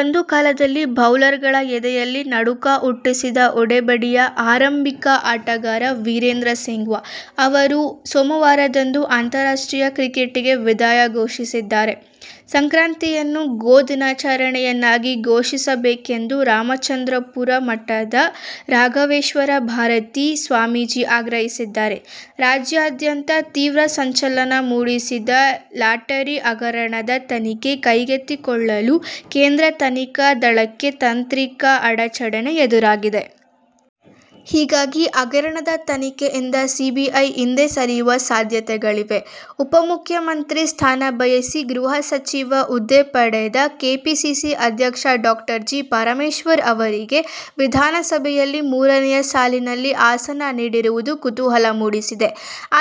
ಒಂದು ಕಾಲದಲ್ಲಿ ಬೌಲರ್ಗಳ ಎದೆಯಲ್ಲಿ ನಡುಕ ಹುಟ್ಟಿಸಿದ್ದ ಹೊಡೆಬಡಿಯ ಆರಂಭಿಕ ಆಟಗಾರ ವೀರೇಂದ್ರ ಸೆಹ್ವಾಗ್ ಅವರು ಸೋಮವಾರದಂದು ಅಂತಾರಾಷ್ಟ್ರೀಯ ಕ್ರಿಕೆಟಿಗೆ ವಿದಾಯ ಘೋಷಿಸಿದ್ದಾರೆ. ಸಂಕ್ರಾತಿಯನ್ನು ಗೋ ದಿನಾಚರಣೆಯನ್ನಾಗಿ ಘೋಷಿಸಬೇಕೆಂದು ರಾಮಚಂದ್ರಾಪುರ ಮಠದ ರಾಘವೇಶ್ವರ ಭಾರತೀ ಸ್ವಾಮೀಜಿ ಆಗ್ರಹಿಸಿದ್ದಾರೆ. ರಾಜ್ಯಾದ್ಯಂತ ತೀವ್ರ ಸಂಚಲನ ಮೂಡಿಸಿದ್ದ ಲಾಟರಿ ಹಗರಣದ ತನಿಖೆ ಕೈಗೆತ್ತಿಕೊಳ್ಳಲು ಕೇಂದ್ರ ತನಿಖಾ ದಳಕ್ಕೆ ತಾಂತ್ರಿಕ ಅಡಚಣೆ ಎದುರಾಗಿದೆ. ಹೀಗಾಗಿ ಹಗರಣದ ತನಿಖೆಯಿಂದ ಸಿಬಿಐ ಹಿಂದೆ ಸರಿಯುವ ಸಾಧ್ಯತೆಗಳಿವೆ. ಉಪ ಮುಖ್ಯಮಂತ್ರಿ ಸ್ಥಾನ ಬಯಸಿ ಗೃಹ ಸಚಿವ ಹುದ್ದೆ ಪಡೆದ ಕೆಪಿಸಿಸಿ ಅಧ್ಯಕ್ಷ ಡಾ ಜಿ. ಪರಮೇಶ್ವರ್ ಅವರಿಗೆ ವಿಧಾನಸಭೆಯಲ್ಲಿ ಮೂರನೇ ಸಾಲಿನಲ್ಲಿ ಆಸನ ನೀಡಿರುವುದು ಕುತೂಹಲ ಮೂಡಿಸಿದೆ.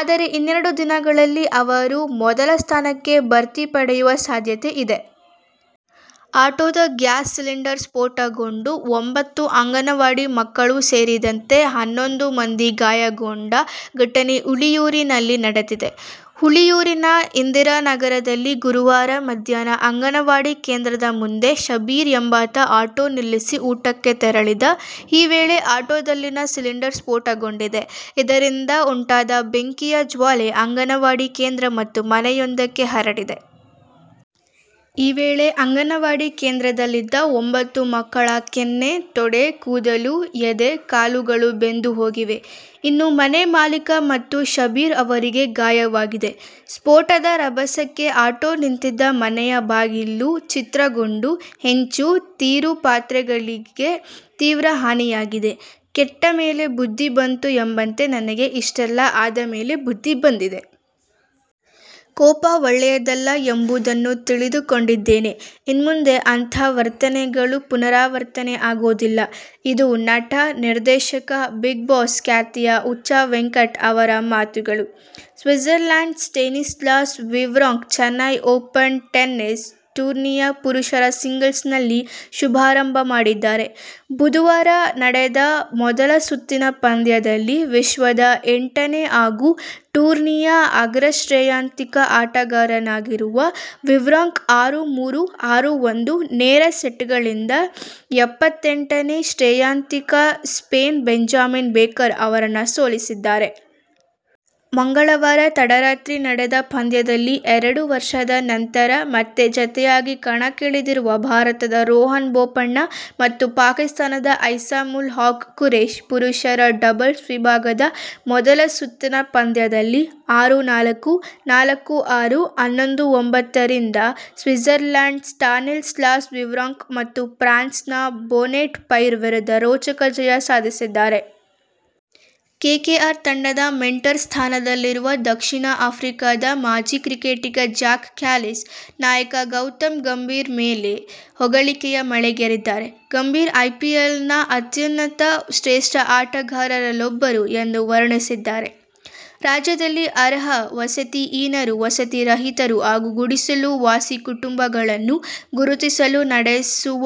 ಆದರೆ ಇನ್ನೆರಡು ದಿನದಲ್ಲಿ ಅವರು ಮೊದಲ ಸ್ಥಾನಕ್ಕೆ ಭಡ್ತಿ ಪಡೆಯುವ ಸಾಧ್ಯತೆ ಇದೆ. ಆಟೋದ ಗ್ಯಾಸ್ ಸಿಲಿಂಡರ್ ಸ್ಫೋಟಗೊಂಡು ಒಂಬತ್ತು ಅಂಗನವಾಡಿ ಮಕ್ಕಳು ಸೇರಿದಂತೆ ಹನ್ನೊಂದು ಮಂದಿ ಗಾಯಗೊಂಡ ಘಟನೆ ಹುಳಿಯೂರಿನಲ್ಲಿ ನಡೆದಿದೆ. ಹುಳಿಯೂರಿನ ಇಂದಿರಾನಗರದಲ್ಲಿ ಗುರುವಾರ ಮಧ್ಯಾಹ್ನ ಅಂಗನವಾಡಿ ಕೇಂದ್ರದ ಮುಂದೆ ಶಬ್ಬೀರ್ ಎಂಬಾತ ಆಟೋ ನಿಲ್ಲಿಸಿ ಊಟಕ್ಕೆ ತೆರಳಿದ್ದರು. ಈ ವೇಳೆ ಆಟೋದಲ್ಲಿನ ಸಿಲಿಂಡರ್ ಸ್ಫೋಟಗೊಂಡಿದೆ. ಇದರಿಂದ ಉಂಟಾದ ಬೆಂಕಿಯ ಜ್ವಾಲೆ ಅಂಗನವಾಡಿ ಕೇಂದ್ರ ಮತ್ತು ಮನೆಯೊಂದಕ್ಕೆ ಹರಡಿದೆ. ಈ ವೇಳೆ ಅಂಗನವಾಡಿ ಕೇಂದ್ರದಲ್ಲಿದ್ದ ಒಂಬತ್ತು ಮಕ್ಕಳ ಕೆನ್ನೆ, ತೊಡೆ, ಕೂದಲು, ಎದೆ, ಕಾಲುಗಳು ಬೆಂದುಹೋಗಿವೆ. ಇನ್ನು ಮನೆ ಮಾಲೀಕ ಮತ್ತು ಶಬ್ಬೀರ್ ಅವರಿಗೂ ಗಾಯವಾಗಿದೆ. ಸ್ಫೋಟದ ರಭಸಕ್ಕೆ ಆಟೋ ನಿಂತಿದ್ದ ಮನೆಯ ಬಾಗಿಲು ಛಿದ್ರಗೊಂಡು ಹೆಂಚು, ತೀರು, ಪಾತ್ರೆಗಳಿಗೆ ತೀವ್ರ ಹಾನಿಯಾಗಿದೆ. ಕೆಟ್ಟ ಮೇಲೆ ಬುದ್ಧಿ ಬಂತು ಎಂಬಂತೆ ನನಗೆ ಇಷ್ಟೆಲ್ಲಾ ಆದ ಮೇಲೆ ಬುದ್ದಿ ಬಂದಿದೆ. ಕೋಪ ಒಳ್ಳೆಯದಲ್ಲ ಎಂಬುದನ್ನು ತಿಳಿದುಕೊಂಡಿದ್ದೇನೆ. ಇನ್ಮುಂದೆ ಅಂತಹ ವರ್ತನೆಗಳು ಪುನರಾವರ್ತನೆ ಆಗೋದಿಲ್ಲ ಇದು ನಟ, ನಿರ್ದೇಶಕ, ಬಿಗ್ ಬಾಸ್ ಖ್ಯಾತಿಯ ಹುಚ್ಚ ವೆಂಕಟ್ ಅವರ ಮಾತುಗಳು. ಸ್ವಿಟ್ಜರ್ಲೆಂಡ್ನ Stanislas Wawrinka Chennai Open tennis ಟೂರ್ನಿಯ ಪುರುಷರ ಸಿಂಗಲ್ಸ್ನಲ್ಲಿ ಶುಭಾರಂಭ ಮಾಡಿದ್ದಾರೆ. ಬುಧವಾರ ನಡೆದ ಮೊದಲ ಸುತ್ತಿನ ಪಂದ್ಯದಲ್ಲಿ ವಿಶ್ವದ ಎಂಟನೇ ಹಾಗೂ ಟೂರ್ನಿಯ ಅಗ್ರಶ್ರೇಯಾಂಕಿತ ಆಟಗಾರನಾಗಿರುವ ವಾವ್ರಿಂಕಾ ಆರು-ಮೂರು, ಆರು-ಒಂದು ನೇರ ಸೆಟ್ಗಳಿಂದ ಎಪ್ಪತ್ತೆಂಟನೇ ಶ್ರೇಯಾಂಕಿತ ಸ್ಪೇನ್ನ ಬೆಂಜಮಿನ್ ಬೇಕರ್ ಅವರನ್ನು ಸೋಲಿಸಿದರು. ಮಂಗಳವಾರ ತಡರಾತ್ರಿ ನಡೆದ ಪಂದ್ಯದಲ್ಲಿ ಎರಡು ವರ್ಷದ ನಂತರ ಮತ್ತೆ ಜತೆಯಾಗಿ ಕಣಕ್ಕಿಳಿದಿರುವ ಭಾರತದ ರೋಹನ್ ಬೋಪಣ್ಣ ಮತ್ತು ಪಾಕಿಸ್ತಾನದ ಐಸಾಮುಲ್ ಹಕ್- ಖುರೇಷಿ ಪುರುಷರ ಡಬಲ್ಸ್ ವಿಭಾಗದ ಮೊದಲ ಸುತ್ತಿನ ಪಂದ್ಯದಲ್ಲಿ ಆರು-ನಾಲ್ಕು, ನಾಲ್ಕು- ಆರು, ಹನ್ನೊಂದು-ಒಂಬತ್ತು ರಿಂದ ಸ್ವಿಜರ್ಲೆಂಡ್ನ ಸ್ಲಾನಿಸ್ಲಾಸ್ ವಾವ್ರಿಂಕಾ ಮತ್ತು ಫ್ರಾನ್ಸ್ನ ಬೆನೊಟ್ ಪೈರ್ ವಿರುದ್ಧ ರೋಚಕ ಜಯ ಸಾಧಿಸಿದರು. ಕೆಕೆಆರ್ ತಂಡದ ಮೆಂಟರ್ ಸ್ಥಾನದಲ್ಲಿರುವ ದಕ್ಷಿಣ ಆಫ್ರಿಕಾದ ಮಾಜಿ ಕ್ರಿಕೆಟಿಗ ಜಾಕ್ ಕ್ಯಾಲಿಸ್, ನಾಯಕ ಗೌತಮ್ ಗಂಭೀರ್ ಮೇಲೆ ಹೊಗಳಿಕೆಯ ಮಳೆಗರೆದಿದ್ದಾರೆ. ಗಂಭೀರ್ ಐಪಿಎಲ್ನ ಅತ್ಯಂತ ಶ್ರೇಷ್ಠ ಆಟಗಾರರಲ್ಲೊಬ್ಬರು ಎಂದು ವರ್ಣಿಸಿದ್ದಾರೆ. ರಾಜ್ಯದಲ್ಲಿ ಅರ್ಹ ವಸತಿ ಹೀನರು, ವಸತಿರಹಿತರು ಹಾಗೂ ಗುಡಿಸಲು ವಾಸಿ ಕುಟುಂಬಗಳನ್ನು ಗುರುತಿಸಲು ನಡೆಸುವ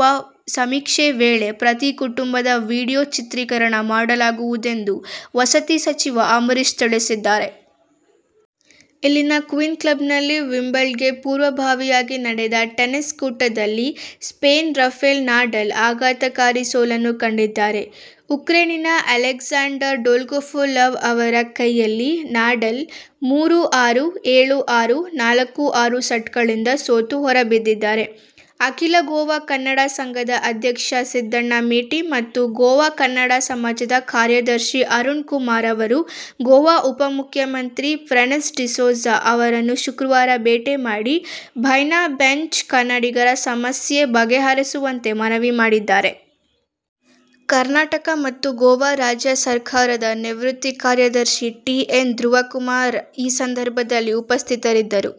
ಸಮೀಕ್ಷೆ ವೇಳೆ ಪ್ರತಿ ಕುಟುಂಬದ ವಿಡಿಯೋ ಚಿತ್ರೀಕರಣ ಮಾಡಲಾಗುವುದು ಎಂದು ವಸತಿ ಸಚಿವ ಅಂಬರೀಶ್ ತಿಳಿಸಿದ್ದಾರೆ. ಇಲ್ಲಿನ ಕ್ವೀನ್ಸ್ ಕ್ಲಬ್ನಲ್ಲಿ ವಿಂಬಲ್ಡನ್ಗೆ ಪೂರ್ವಭಾವಿಯಾಗಿ ನಡೆದ ಟೆನ್ನಿಸ್ ಕೂಟದಲ್ಲಿ ಸ್ಪೇನ್ನ ರಫೆಲ್ ನಡಾಲ್ ಆಘಾತಕಾರಿ ಸೋಲನ್ನು ಕಂಡಿದ್ದಾರೆ. ಉಕ್ರೈನಿನ ಅಲೆಕ್ಸಾಂಡರ್ ಡೊಲ್ಗೊಪೋಲೋವ್ ಅವರ ಕೈಯಲ್ಲಿ ನಡಾಲ್ ಮೂರು-ಆರು, ಏಳು-ಆರು, ನಾಲ್ಕು-ಆರು ಸೆಟ್ಗಳಿಂದ ಸೋತು ಹೊರಬಿದ್ದಿದ್ದಾರೆ. ಅಖಿಲ ಗೋವಾ ಕನ್ನಡ ಸಂಘದ ಅಧ್ಯಕ್ಷ ಸಿದ್ದಣ್ಣ ಮೇಟಿ ಮತ್ತು ಗೋವಾ ಕನ್ನಡ ಸಮಾಜದ ಕಾರ್ಯದರ್ಶಿ ಅರುಣಕುಮಾರ ಅವರು ಗೋವಾ ಉಪಮುಖ್ಯಮಂತ್ರಿ ಫ್ರಾನ್ಸಿಸ್ ಡಿಸೋಜಾ ಅವರನ್ನು ಶುಕ್ರವಾರ ಭೇಟಿ ಮಾಡಿ ಬೈನಾ ಬೀಚ್ ಕನ್ನಡಿಗರ ಸಮಸ್ಯೆ ಬಗೆಹರಿಸುವಂತೆ ಮನವಿ ಮಾಡಿದರು. ಕರ್ನಾಟಕ ಮತ್ತು ಗೋವಾ ರಾಜ್ಯ ಸರ್ಕಾರದ ನಿವೃತ್ತ ಕಾರ್ಯದರ್ಶಿ ಟಿ. ಎನ್. ಧ್ರುವಕುಮಾರ ಈ ಸಂದರ್ಭದಲ್ಲಿ ಉಪಸ್ಥಿತರಿದ್ದರು.